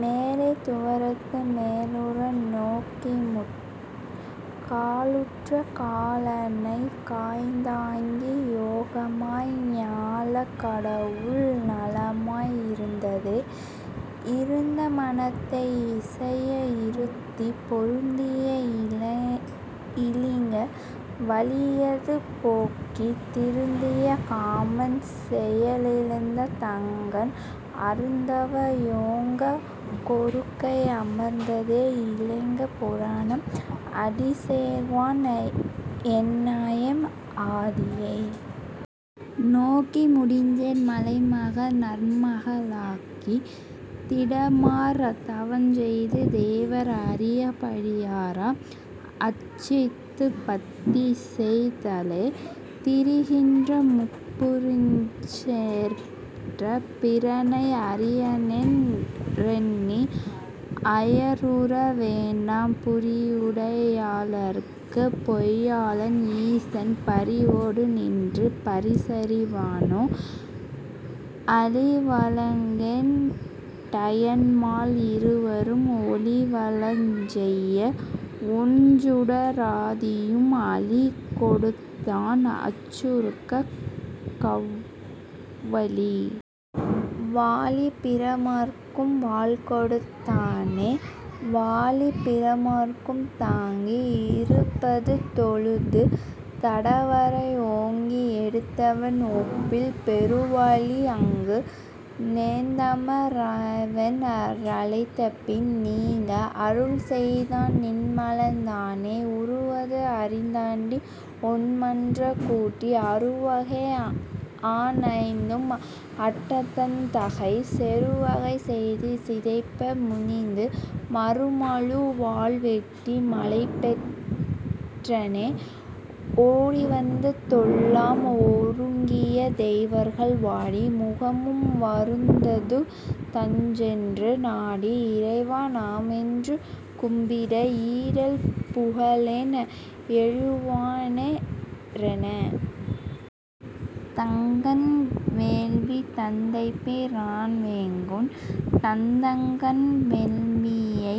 மேலைத் துவாரத்து மேலுற நோக்கிமுற் காலுற்றுக் காலனைக் காய்ந்தங்கி யோகமாய் ஞாலக் கடவூர் நலமாய் இருந்ததே இருந்த மனத்தை இசைய இருத்திப் பொருந்தி இலிங்க வழியது போக்கித் திருந்திய காமன் செயலழித் தங்கண் அருந்தவ யோகங் கொறுக்கை அமர்ந்ததே.. இலிங்க புராணம் அடிசேர்வன் என்னஎம் ஆதியை நோக்கி முடிசேர் மலைமக னார்மக ளாகித் திடமார் தவஞ்செய்து தேவர் அறியப் படியார அர்ச்சித்துப் பத்திசெய் தாளே திரிகின்ற முப்புரஞ் செற்ற பிரானை அரியனென் றெண்ணி அயர்வுற வேண்டா புரிவுடை யாளர்க்குப் பொய்யலன் ஈசன் பரிவொடு நின்று பரிசறி வானே ஆழி வலங்கொண் டயன்மால் இருவரும் ஊழி வலஞ்செய்ய ஒண்சுட ராதியும் ஆழி கொடுத்தனன் அச்சுதற்க் கவ்வழி.. வாழி பிரமற்கும் வாள்கொடுத் தானே.. வாழிப் பிரமற்கும் தாங்கி இருபது தோளுந் தடவரை ஓங்க எடுத்தவன் ஒப்பில் பெருவலி ஆங்கு நொத்தம ராவென் றழைத்தபின் நீங்கா அருள்செய்தான் நின்மலன் தானே உறுவது அறிதண்டி ஒண்மணற் கூட்டி அறுவகை ஆன்ஐந்தும் ஆட்டத்தன் தாதை செறுவகை செய்து சிதைப்ப முனிந்து மறுமழு வால்வெட்டி மாலைபெற் றானே ஓடிவந் தெல்லாம் ஒருங்கிய தேவர்கள் வாடி முகமும் வருத்தத்துத் தாஞ்சென்று நாடி இறைவா நமேன்று கும்பிட ஈடில் புகழோன் எழுகவென் றானே... தக்கன் வேள்வி தந்தைபி ரான்வெகுண் டாந்தக்கன் வேள்வியை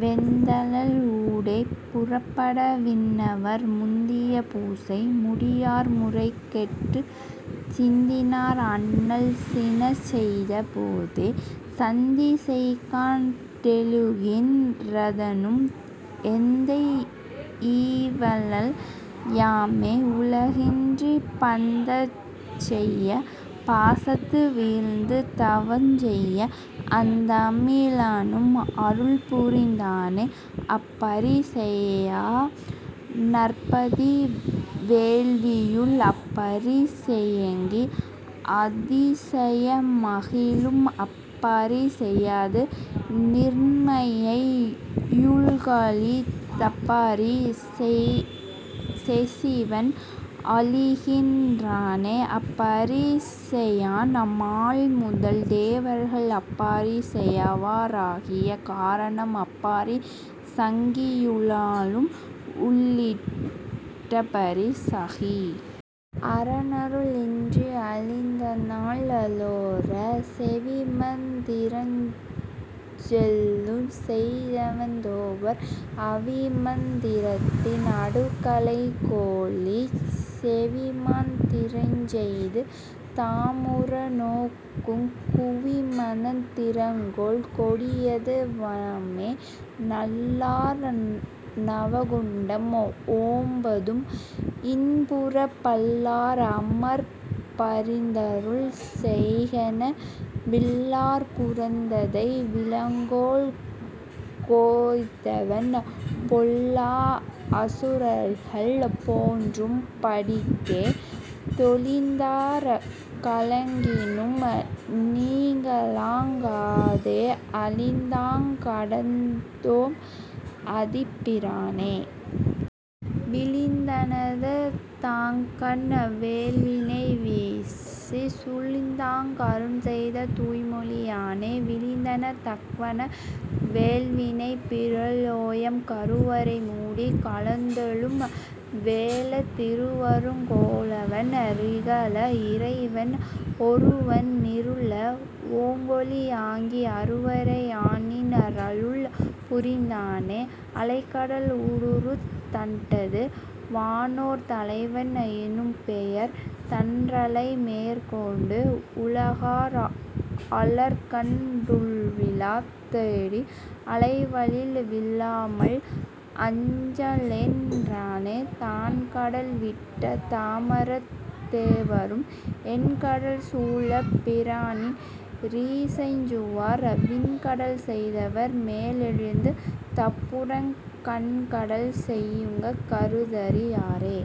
வெந்தழல் ஊடே புறப்பட விண்ணவர் முந்திய பூசை முடியார் முறைகெட்டுச் சிந்தினர் அண்ணல் சினஞ்செய்த போதே சந்தி செயக்கண் டெழுகின் றாதானும் எந்தை யிவனல்ல யாமே உலகினிற் பந்தஞ்செய் பாசத்து வீழ்ந்து தவஞ்செய்ய அந்தமி லானும் அருள்புரிந் தானே அப்பரி சேயய நார்ப்பதி வேள்வியுள் அப்பரி சேயங்கி அதிசய மாகிலும் அப்பரி சேயது நீர்மையை யுள்கலந் தப்பரி சேசிவன் ஆலிக்கின் றானே அப்பரி சேஅயன் மால்முதல் தேவர்கள் அப்பரி சேயவ ராகிய காரணம் அப்பரி சங்கி யுளநாளும் உள்ளிட் டப்பரி சாகி.. அரனருள் இன்றி அழிந்தநல் லோரே செவிமந் திரஞ்சொல்லுஞ் செய்தவத் தேவர் அவிமந் திரத்தின் அடுக்களை கோலிச் செவிமந் திரஞ்செய்து தாமுற நோக்குங் குவிமந் திரங்கொல் கொடியது வாமே நல்லார் நவகுண்டம் ஒன்பதும் இன்புறப் பல்லார் அமரர் பரிந்தருள் செய்கென வில்லாற் புரத்தை விளங்கொ கோத்தவன் பொல்லா அசுரர்கள் பொன்றும் படிக்கே தெளிந்தார் கலங்கினும் நீகலங் காதே அளித்தாங் கடைவதெம் ஆதிப் பிரானை.. விளிந்தா னது தக்கன் வேள்வியை வீயச் சுளிந்தாங் கருள்செய்த தூய்மொழி யானே.. விளிந்தானத் தக்கனவ் வேள்வியை... பிரளயம் கருவரை மூடிக் கலந்தெழும் வெள்ளத் திருவருங் கோவென் றிகல இறைவன் ஒருவனும் நீருற ஓங்கொளி யாகி அருவரை யாய்நின் றருள் புரிந் தானே அலைகடல் ஊடறுத் தண்டத்து வானோர் தலைவன் எனும்பெயர் தான்றலை மேற்கொண்டு உலகார் அழற்கண் டுள்விழா தோடி அலைவாயில் வீழாமல் அஞ்சலென் றானே தண்கடல் விட்ட தமரருந் தேவரும் எண்கடல் சூழெம் பிரானென் றிறைஞ்சுவர் விண்கடல் செய்தவர் மேலெழுந் தப்புறங் கண்கடல் செய்யுங் கருத்தறி யாரே.